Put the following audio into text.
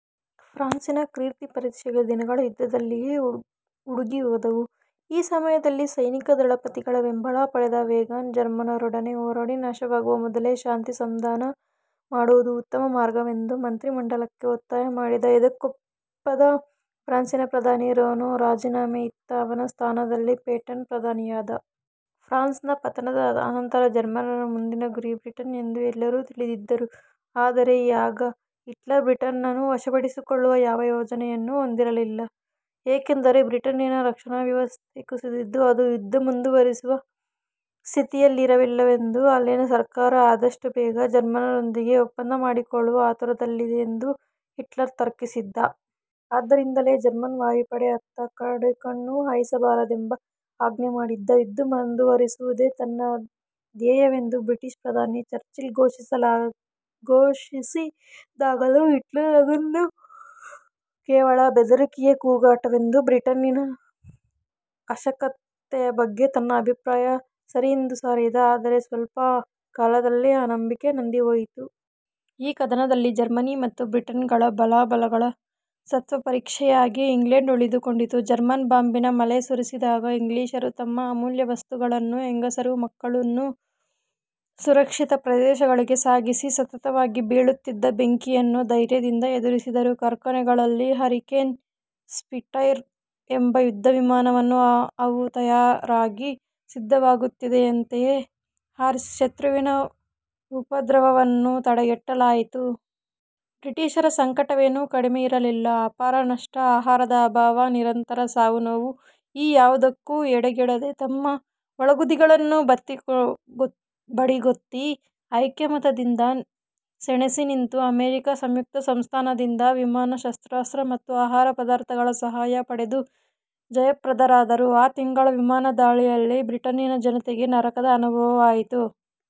ಫ್ರಾನ್ಸಿನ ಕೀರ್ತಿಪ್ರತಿಷ್ಠೆಗಳು ದಿನಗಳ ಯುದ್ಧದಲ್ಲಿಯೇ ಉಡುಗಿಹೋದವು. ಈ ಸಮಯದಲ್ಲಿ ಸೈನಿಕ ದಳಪತಿಗಳ ಬೆಂಬಲ ಪಡೆದ ವೇಗಾನ್ ಜರ್ಮನ್ನರೊಡನೆ ಹೋರಾಡಿ ನಾಶವಾಗುವ ಮೊದಲೇ ಶಾಂತಿ ಸಂಧಾನ ಮಾಡುವುದು ಉತ್ತಮ ಮಾರ್ಗವೆಂದು ಮಂತ್ರಿಮಂಡಲಕ್ಕೆ ಒತ್ತಾಯ ಮಾಡಿದ. ಇದಕ್ಕೊಪ್ಪದ ಫ್ರಾನ್ಸಿನ ಪ್ರಧಾನಿ ರೇನೋ ರಾಜಿನಾಮೆಯಿತ್ತ. ಅವನ ಸ್ಥಾನದಲ್ಲಿ ಪೇಟನ್ ಪ್ರಧಾನಿಯಾದ. ಫ್ರಾನ್ಸ್ನ ಪತನದ ಅನಂತರ ಜರ್ಮನ್ನರ ಮುಂದಿನ ಗುರಿ ಬ್ರಿಟನ್ ಎಂದು ಎಲ್ಲರೂ ತಿಳಿದಿದ್ದರು. ಆದರೆ ಆಗ ಹಿಟ್ಲರ್ ಬ್ರಿಟನ್ನನ್ನು ವಶಪಡಿಸಿಕೊಳ್ಳುವ ಯಾವ ಯೋಜನೆಯನ್ನೂ ಹೊಂದಿರಲಿಲ್ಲ. ಏಕೆಂದರೆ, ಬ್ರಿಟನ್ನಿನ ರಕ್ಷಣಾ ವ್ಯವಸ್ಥೆ ಕುಸಿದಿದ್ದು, ಅದು ಯುದ್ಧ ಮುಂದುವರಿಸುವ ಸ್ಥಿತಿಯಲ್ಲಿರಲಿಲ್ಲವೆಂದೂ ಅಲ್ಲಿನ ಸರ್ಕಾರ ಆದಷ್ಟು ಬೇಗ ಜರ್ಮನ್ನರೊಂದಿಗೆ ಒಪ್ಪಂದ ಮಾಡಿಕೊಳ್ಳುವ ಆತುರದಲ್ಲಿದೆಯೆಂದೂ ಹಿಟ್ಲರ್ ತರ್ಕಿಸಿದ್ದ. ಆದ್ದರಿಂದಲೇ ಜರ್ಮನ್ ವಾಯುಪಡೆ ಅತ್ತ ಕಡೆ ಕಣ್ಣು ಹಾಯಿಸಬಾರದೆಂದು ಆಜ್ಞೆ ಮಾಡಿದ್ದ. ಯುದ್ಧ ಮುಂದುವರಿಸುವುದೇ ತನ್ನ ಧ್ಯೇಯವೆಂದು ಬ್ರಿಟಿಷ್ ಪ್ರಧಾನಿ ಚರ್ಚಿಲ್ ಘೋಷಿಸಿದಾಗಲೂ ಹಿಟ್ಲರ್ ಅದನ್ನು ಕೇವಲ ಬೆದರಿಕೆಯ ಕೂಗಾಟವೆಂದೂ ಬ್ರಿಟನ್ನಿನ ಅಶಕ್ತತೆಯ ಬಗ್ಗೆ ತನ್ನ ಅಭಿಪ್ರಾಯ ಸರಿಯೆಂದೂ ಸಾರಿದ. ಆದರೆ ಸ್ವಲ್ಪ ಕಾಲದಲ್ಲೇ ಆ ನಂಬಿಕೆ ನಂದಿಹೋಯಿತು. ಈ ಕದನದಲ್ಲಿ ಜರ್ಮನಿ ಮತ್ತು ಬ್ರಿಟನ್ಗಳ ಬಲಾಬಲಗಳ ಸತ್ತ್ವಪರೀಕ್ಷೆಯಾಗಿ ಇಂಗ್ಲೆಂಡ್ ಉಳಿದುಕೊಂಡಿತು. ಜರ್ಮನ್ ಬಾಂಬಿನ ಮಳೆ ಸುರಿಸಿದಾಗ ಇಂಗ್ಲಿಷರು ತಮ್ಮ ಅಮೂಲ್ಯವಸ್ತುಗಳನ್ನೂ ಹೆಂಗಸರು ಮಕ್ಕಳನ್ನೂ ಸುರಕ್ಷಿತ ಪ್ರದೇಶಗಳಿಗೆ ಸಾಗಿಸಿ ಸತತವಾಗಿ ಬೀಳುತ್ತಿದ್ದ ಬೆಂಕಿಯನ್ನು ಧೈರ್ಯದಿಂದ ಎದುರಿಸಿದರು. ಕಾರ್ಖಾನೆಗಳಲ್ಲಿ ಹರಿಕೇನ್, ಸ್ಪಿಟ್ಫೈರ್ ಎಂಬ ಯುದ್ಧವಿಮಾನಗಳನ್ನು ಅವು ತಯಾರಾಗಿ ಸಿದ್ದವಾಗುತ್ತಿದ್ದಂತೆಯೇ ಹಾರಿಸಿ ಶತ್ರುವಿನ ಉಪದ್ರವವನ್ನು ತಡೆಗಟ್ಟಲಾಯಿತು. ಬ್ರಿಟಿಷರ ಸಂಕಟವೇನೂ ಕಡಿಮೆಯಿರಲಿಲ್ಲ. ಅಪಾರ ನಷ್ಟ, ಆಹಾರದ ಅಭಾವ, ನಿರಂತರ ಸಾವುನೋವು ಈ ಯಾವುದಕ್ಕೂ ಎದೆಗೆಡದೆ ತಮ್ಮ ಒಳಗುದಿಗಳನ್ನು ಬದಿಗೊತ್ತಿ ಐಕಮತ್ಯದಿಂದ ಸೆಣಸಿ ನಿಂತು, ಅಮೆರಿಕ ಸಂಯುಕ್ತ ಸಂಸ್ಥಾನದಿಂದ ವಿಮಾನ, ಶಸ್ತ್ರಾಸ್ತ್ರ ಮತ್ತು ಆಹಾರ ಪದಾರ್ಥಗಳ ಸಹಾಯ ಪಡೆದು ಜಯಪ್ರದರಾದರು. ಆ ತಿಂಗಳ ವಿಮಾನದಾಳಿಯಲ್ಲಿ ಬ್ರಿಟನ್ನಿನ ಜನತೆಗೆ ನರಕದ ಅನುಭವವಾಯಿತು.